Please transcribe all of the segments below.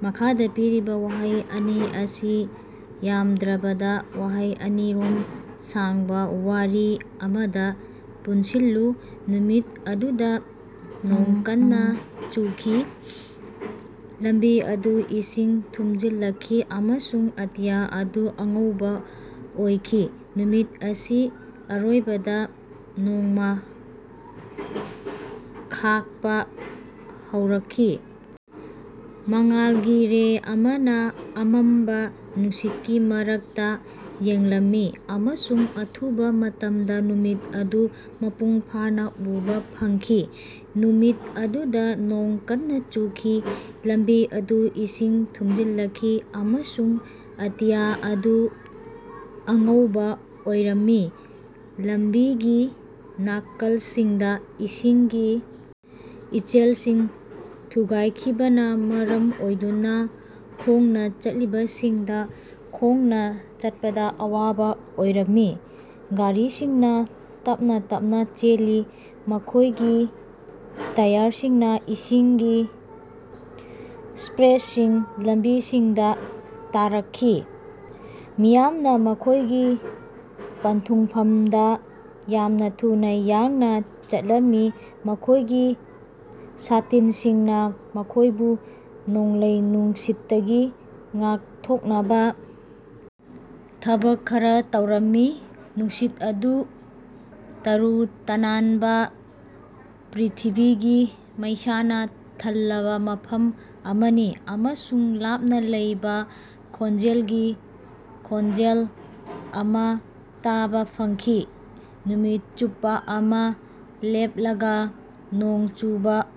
ꯃꯈꯥꯗ ꯄꯤꯔꯤꯕ ꯋꯥꯍꯩ ꯑꯅꯤ ꯑꯁꯤ ꯌꯥꯝꯗ꯭ꯔꯕꯗ ꯋꯥꯍꯩ ꯆꯅꯤ ꯔꯣꯝ ꯁꯥꯡꯕ ꯋꯥꯔꯤ ꯑꯃꯗ ꯄꯨꯟꯁꯤꯜꯂꯨ꯫ ꯅꯨꯃꯤꯠ ꯑꯗꯨꯗ ꯅꯣꯡ ꯀꯟꯅ ꯆꯨꯈꯤ꯫ ꯂꯝꯕꯤ ꯑꯗꯨ ꯏꯁꯤꯡ ꯊꯨꯃꯖꯤꯜꯂꯛꯈꯤ ꯑꯃꯁꯨꯡ ꯑꯇꯤꯌꯥ ꯑꯗꯨ ꯑꯉꯧꯕꯥ ꯑꯣꯏꯈꯤ꯫ ꯅꯨꯃꯤꯠ ꯑꯁꯤ ꯑꯔꯣꯏꯕꯗ ꯅꯣꯡꯃ ꯈꯥꯛꯞ ꯍꯧꯔꯛꯈꯤ꯫ ꯃꯉꯥꯜꯒꯤ ꯔꯦ ꯑꯃꯅ ꯑꯃꯝꯕ ꯅꯨꯡꯁꯤꯠꯀꯤ ꯃꯔꯛꯇ ꯌꯦꯡꯂꯝꯃꯤ ꯑꯃꯁꯨꯡ ꯑꯊꯨꯕ ꯃꯇꯝꯗ ꯅꯨꯃꯤꯠ ꯑꯗꯨ ꯃꯄꯨꯡ ꯐꯥꯅ ꯎꯕꯥ ꯐꯪꯈꯤ꯫ ꯅꯨꯃꯤꯠ ꯑꯗꯨꯗ ꯅꯣꯡ ꯀꯟꯅ ꯆꯨꯈꯤ꯫ ꯂꯝꯕꯤ ꯑꯗꯨ ꯏꯁꯤꯡ ꯊꯨꯃꯖꯤꯜꯂꯛꯈꯤ, ꯑꯃꯁꯨꯡ ꯑꯇꯤꯌ ꯑꯗꯨ ꯑꯉꯧꯕ ꯑꯣꯏꯔꯝꯃꯤ꯫ ꯂꯝꯕꯤꯒꯤ ꯅꯥꯀꯜꯁꯤꯡꯗ ꯏꯁꯤꯡꯒꯤ ꯏꯆꯦꯜꯁꯤꯡ ꯊꯨꯒꯥꯏꯈꯤꯕꯅ ꯃꯔꯝ ꯑꯣꯏꯗꯨꯅ ꯈꯣꯡꯅ ꯆꯠꯂꯤꯕꯁꯤꯡꯗ ꯈꯣꯡꯅ ꯆꯠꯄꯗ ꯑꯋꯥꯕ ꯑꯣꯏꯔꯝꯃꯤ꯫ ꯒꯥꯔꯤꯁꯤꯡꯅ ꯇꯞꯅ ꯇꯞꯅ ꯆꯦꯜꯂꯤ, ꯃꯈꯣꯌꯒꯤ ꯇꯌꯥꯔꯁꯤꯡꯅ ꯏꯁꯤꯡꯒꯤ ꯁ꯭ꯄꯔꯦꯁꯤꯡ ꯂꯝꯕꯤꯁꯤꯡꯗ ꯊꯥꯔꯛꯈꯤ꯫ ꯃꯤꯌꯥꯝꯅ ꯃꯈꯣꯏꯒꯤ ꯄꯟꯊꯨꯡꯐꯝꯗ ꯌꯥꯝꯅ ꯊꯨꯅ ꯌꯥꯡꯅ ꯆꯠꯂꯝꯃꯤ, ꯃꯈꯣꯏꯒꯤ ꯁꯥꯇꯤꯟꯁꯤꯡꯅ ꯃꯈꯣꯏꯕꯨ ꯅꯣꯡꯂꯩ ꯅꯨꯡꯁꯤꯠꯇꯒꯤ ꯉꯥꯛꯊꯣꯛꯅꯕ ꯊꯕꯛ ꯈꯔ ꯇꯧꯔꯝꯃꯤ꯫ ꯅꯨꯡꯁꯤꯠ ꯑꯗꯨ ꯇꯔꯨ ꯇꯅꯥꯟꯕ ꯄ꯭ꯔ꯭ꯤꯊꯤꯕꯤꯒꯤ ꯃꯩꯁꯥꯅ ꯊꯜꯂꯕ ꯃꯐꯝ ꯑꯃꯅꯤ, ꯑꯃꯁꯨꯡ ꯂꯥꯞꯅ ꯂꯩꯕ ꯈꯣꯟꯖꯦꯜꯒꯤ ꯈꯣꯟꯖꯦꯜ ꯑꯃ ꯇꯥꯕ ꯐꯪꯈꯤ꯫ ꯅꯨꯃꯤꯠ ꯆꯨꯞꯄ ꯑꯃ ꯂꯦꯞꯂꯒ ꯅꯣꯡ ꯆꯨꯕ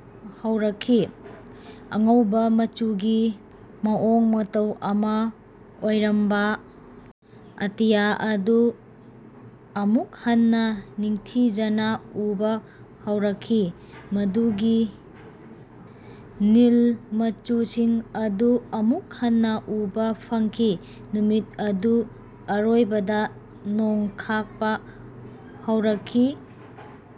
ꯍꯧꯔꯛꯈꯤ꯫ ꯑꯉꯧꯕ ꯃꯆꯨꯒꯤ ꯃꯑꯣꯡ ꯃꯇꯧ ꯑꯃ ꯑꯣꯏꯔꯝꯕ ꯑꯇꯤꯌꯥ ꯑꯗꯨ ꯑꯃꯨꯛ ꯍꯟꯅ ꯅꯤꯡꯊꯤꯖꯅ ꯎꯕ ꯍꯧꯔꯛꯈꯤ, ꯃꯗꯨꯒꯤ ꯅꯤꯜ ꯃꯆꯨꯁꯤꯡ ꯑꯗꯨ ꯑꯃꯨꯛ ꯍꯟꯅ ꯎꯕ ꯐꯪꯈꯤ꯫ ꯅꯨꯃꯤꯠ ꯑꯗꯨ ꯑꯔꯣꯏꯕꯗ ꯅꯣꯡ ꯈꯥꯛꯞ ꯍꯧꯔꯛꯈꯤ꯫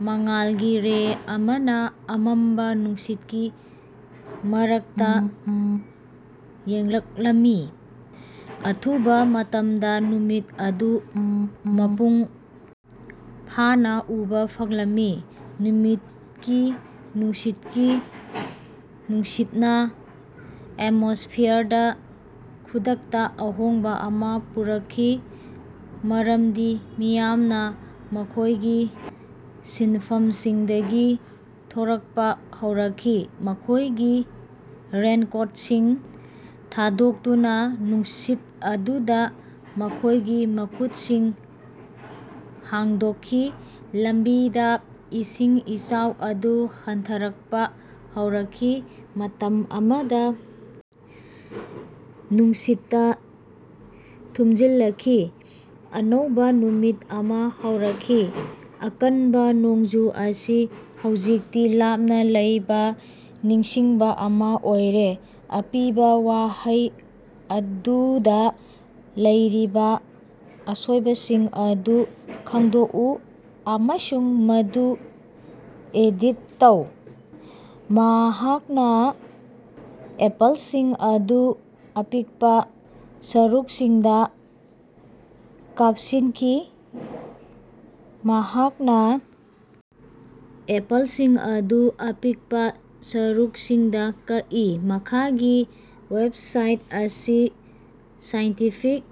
ꯃꯉꯥꯜꯒꯤ ꯔꯦ ꯑꯃꯅ ꯑꯃꯝꯕ ꯅꯨꯡꯁꯤꯠꯀꯤ ꯃꯔꯛꯇ ꯌꯦꯡꯂꯛꯂꯝꯃꯤ, ꯑꯊꯨꯕ ꯃꯇꯃꯗ ꯅꯨꯃꯤꯠ ꯑꯗꯨ ꯃꯄꯨꯡ ꯐꯥꯅ ꯎꯕ ꯐꯪꯂꯝꯃꯤ꯫ ꯅꯨꯃꯤꯠꯀꯤ ꯅꯨꯡꯁꯤꯠꯀꯤ ꯅꯨꯡꯁꯤꯠꯅ ꯑꯦꯠꯃꯣꯁ꯭ꯐꯤꯌꯔꯗ ꯈꯨꯗꯛꯇ ꯑꯍꯣꯡꯕ ꯑꯃ ꯄꯨꯔꯛꯈꯤ, ꯃꯔꯝꯗꯤ ꯃꯤꯌꯥꯝꯅ ꯃꯈꯣꯏꯒꯤ ꯁꯤꯟꯐꯝꯁꯤꯡꯗꯒꯤ ꯊꯣꯔꯛꯄ ꯍꯧꯔꯛꯈꯤ, ꯃꯈꯣꯏꯒꯤ ꯔꯦꯟꯀꯣꯠꯁꯤꯡ ꯊꯥꯗꯣꯛꯇꯨꯅ ꯅꯨꯡꯁꯤꯠ ꯑꯗꯨꯗ ꯃꯈꯣꯏꯒꯤ ꯃꯈꯨꯠꯁꯤꯡ ꯍꯥꯡꯗꯣꯛꯈꯤ꯫ ꯂꯝꯕꯤꯗ ꯏꯁꯤꯡ ꯏꯆꯥꯎ ꯑꯗꯨ ꯍꯟꯊꯔꯛꯄ ꯍꯧꯔꯛꯈꯤ, ꯃꯇꯝ ꯑꯃꯗ ꯅꯨꯡꯁꯤꯠꯇ ꯊꯨꯝꯖꯤꯜꯂꯛꯈꯤ꯫ ꯑꯅꯧꯕ ꯅꯨꯃꯤꯠ ꯑꯃ ꯍꯧꯔꯛꯈꯤ, ꯑꯀꯟꯕ ꯅꯣꯡꯖꯨ ꯑꯁꯤ ꯍꯧꯖꯤꯛꯇꯤ ꯂꯥꯞꯅ ꯂꯩꯕ ꯅꯤꯡꯁꯤꯡꯕ ꯑꯃ ꯑꯣꯏꯔꯦ꯫ ꯑꯄꯤꯕ ꯋꯥꯍꯩ ꯑꯗꯨꯗ ꯂꯩꯔꯤꯕ ꯑꯁꯣꯏꯕꯁꯤꯡ ꯑꯗꯨ ꯈꯪꯗꯣꯛꯎ ꯑꯃꯁꯨꯡ ꯃꯗꯨ ꯑꯦꯗꯤꯠ ꯇꯧ꯫ ꯃꯍꯥꯛꯅ ꯑꯦꯄꯜꯁꯤꯡ ꯑꯗꯨ ꯑꯄꯤꯛꯄ ꯁꯔꯨꯛꯁꯤꯡꯗ ꯀꯥꯞꯁꯤꯟꯈꯤ꯫ ꯃꯍꯥꯛꯅ ꯑꯦꯄꯜꯁꯤꯡ ꯑꯗꯨ ꯑꯄꯤꯛꯄ ꯁꯔꯨꯛꯁꯤꯡꯗ ꯀꯛꯏ꯫ ꯃꯈꯥꯒꯤ ꯋꯦꯕꯁꯥꯏꯠ ꯑꯁꯤ ꯁꯥꯏꯟꯇꯤꯐꯤꯛ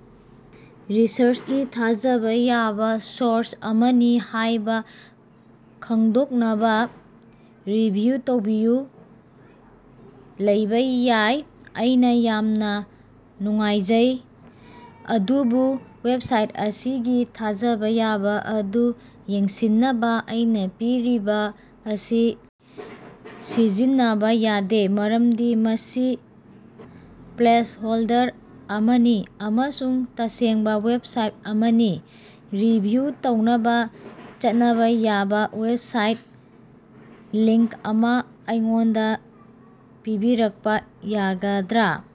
ꯔꯤꯁꯔꯆꯀꯤ ꯊꯥꯖꯕ ꯌꯥꯕ ꯁꯣꯔꯁ ꯑꯃꯅꯤ ꯍꯥꯏꯕ ꯈꯪꯗꯣꯛꯅꯕ ꯔꯤꯚꯤꯌꯨ ꯇꯧꯕꯤꯌꯨ꯫ ꯂꯩꯕ ꯌꯥꯏ꯫ ꯑꯩꯅ ꯌꯥꯝꯅ ꯅꯨꯡꯉꯥꯏꯖꯩ, ꯑꯗꯨꯕꯨ ꯋꯦꯕꯁꯥꯏꯠ ꯑꯁꯤꯒꯤ ꯊꯥꯖꯕ ꯌꯥꯕ ꯑꯗꯨ ꯌꯦꯡꯁꯤꯟꯅꯕ ꯑꯩꯅꯥ ꯄꯤꯔꯤꯕ ꯑꯁꯤ ꯁꯤꯖꯤꯟꯅꯕ ꯌꯥꯗꯦ ꯃꯔꯝꯗꯤ ꯃꯁꯤ ꯄ꯭ꯂꯦꯁꯍꯣꯜꯗꯔ ꯑꯃꯅꯤ ꯑꯃꯁꯨꯡ ꯇꯁꯦꯡꯕ ꯋꯦꯕꯁꯥꯏꯠ ꯑꯃꯅꯤ꯫ ꯔꯤꯚꯤꯌꯨ ꯇꯧꯅꯕ ꯆꯠꯅꯕ ꯌꯥꯕꯥ ꯋꯦꯕꯁꯥꯏꯠ ꯂꯤꯡꯛ ꯑꯃ ꯑꯩꯉꯣꯟꯗꯥ ꯄꯤꯕꯤꯔꯛꯄ ꯌꯥꯒꯗ꯭ꯔꯥ